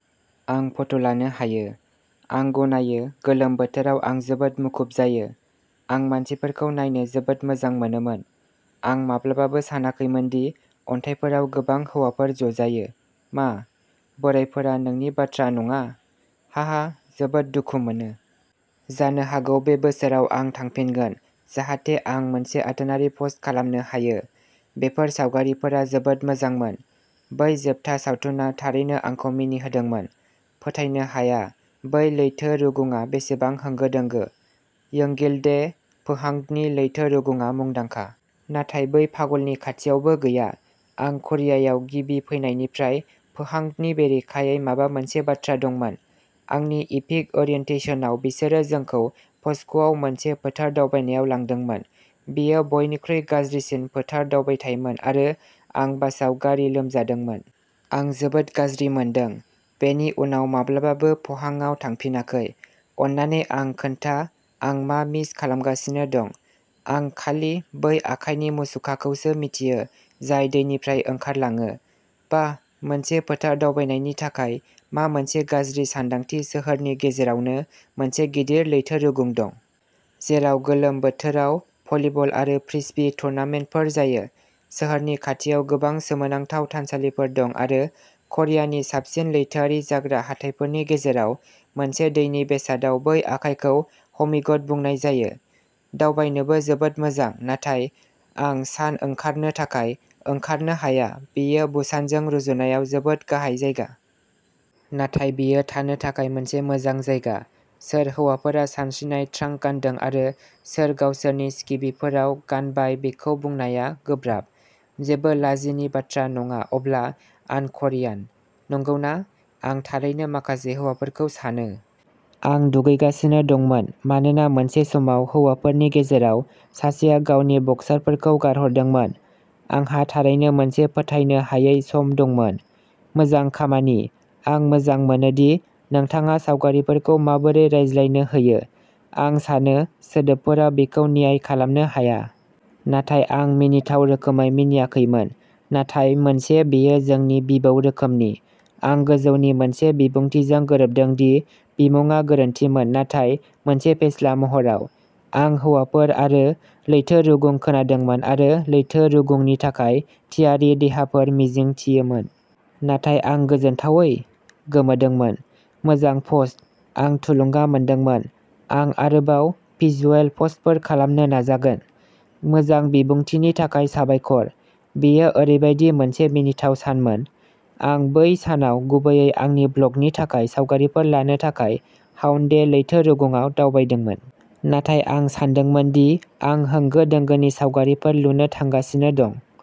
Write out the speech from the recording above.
आं फट'लानो हायो। आं गनायो गोलोम बोथोराव आं जोबोद मुखुब जायो। आं मानसिफोरखौ नायनो जोबोद मोजां मोनोमोन। आं माब्लाबाबो सानाखैमोन दि अन्थाइफोराव गोबां हौवाफोर ज'जायो। मा? बोराइफोरा नोंनि बाथ्रा नङा? हाहा जोबोद दुखु मोनो! जानो हागौ बे बोसोराव आं थांफिनगोन जाहाथे आं मोनसे आथोनारि पस्ट खालामनो हायो। बेफोर सावगारिफोरा जोबोद मोजांमोन। बै जोबथा सावथुना थारैनो आंखौ मिनिहोदोंमोन। फोथायनो हाया बै लैथो रुगुंआ बेसेबां होंगो दोंगो। योंगिल्डे पोहांगनि लैथो रुगुंआ मुंदांखा। नाथाय बै पागलनि खाथियावबो गैया। आं करियायाव गिबि फैनायनिफ्राय पोहांगनि बेरेखायै माबा मोनसे बाथ्रा दंमोन। आंनि इपिक ओरियेनटेसनाव बिसोरो जोंखौ पस्क'आव मोनसे फोथार दावबायनायाव लांदोंमोन। बेयो बयनिख्रुइ गाज्रिसिन फोथार दावबायथायमोन आरो आं बासआव गारि लोमजादोंमोन। आं जोबोद गाज्रि मोनदों। बेनि उनाव माब्लाबाबो पहांआव थांफिनाखै। अननानै आं खोन्था आं मा मिस खालामगासिनो दं। आं खालि बै आखाइनि मुसुखाखौसो मिथियो जाय दैनिफ्राय ओंखारलाङो। बाह मोनसे फोथार दावबायनायनि थाखाय मा मोनसे गाज्रि सानदांथि सोहोरनि गेजेरआवनो मोनसे गिदिर लैथो रुगुं दं। जेराव गोलोम बोथोराव भलिबल आरो फ्रिस्बी टुर्नामेन्टफोर जायो। सोहोरनि खाथियाव गोबां सोमोनांथाव थानसालिफोर दं आरो करियानि साबसिन लैथोआरि जाग्रा हाथाइफोरनि गेजेराव मोनसे दैनि बेसादाव बै आखाइखौ हमिग'ट बुंनाय जायो। दावबायनोबो जोबोद मोजां नाथाय आं सान ओंखारनो थाखाय ओंखारनो हाया बेयो बुसानजों रुजुनायाव जोबोद गाहाय जायगा। नाथाय बेयो थानो थाखाय मोनसे मोजां जायगा। सोर हौवाफोरा सानस्रिनाय ट्रांक गान्दों आरो सोर गावसोरनि स्किभिफोराव गानबाय बेखौ बुंनाया गोब्राब। जेबो लाजिनि बाथ्रा नङा अब्ला आन क'रियान। नंगौना? आं थारैनो माखासे हौवाफोरखौ सानो। आं दुगैगासिनो दंमोन मानोना मोनसे समाव हौवाफोरनि गेजेराव सासेआ गावनि बक्सारफोरखौ गारहरदोंमोन। आंहा थारैनो मोनसे फोथायनो हायै सम दंमोन। मोजां खामानि! आं मोजां मोनो दि नोंथाङा सावगारिफोरखौ माबोरै रायज्लायनो होयो। आं सानो सोदोबफोरा बेखौ न्याय खालामनो हाया। नाथाय आं मिनिथाव रोखोमै मिनियाखैमोन। नाथाय मोनसे बेयो जोंनि बिबौ रोखोमनि। आं गोजौनि मोनसे बिबुंथिजों गोरोबदों दि बिमुंआ गोरोन्थिमोन नाथाय मोनसे फेस्ला महराव। आं हौवाफोर आरो लैथो रुगुं खोनादोंमोन आरो लैथो रुगुंनि थाखाय थियारि देहाफोर मिजिंथियोमोन। नाथाय आं गोजोनथावै? गोमोदोंमोन। मोजां पस्ट। आं थुलुंगा मोन्दोंमोन। आं आरोबाव भिजुएल पस्टफोर खालामनो नाजागोन। मोजां बिबुंथिनि थाखाय साबायखर। बेयो ओरैबायदि मोनसे मिनिथाव सानमोन। आं बै सानाव गुबैयै आंनि ब्लगनि थाखाय सावगारिफोर लानो थाखाय हाउन्डे लैथो रुगुंआव दावबायदोंमोन। नाथाय आं सानदोंमोन दि आं होंगो दोंगोनि सावगारिफोर लुनो थांगासिनो दं।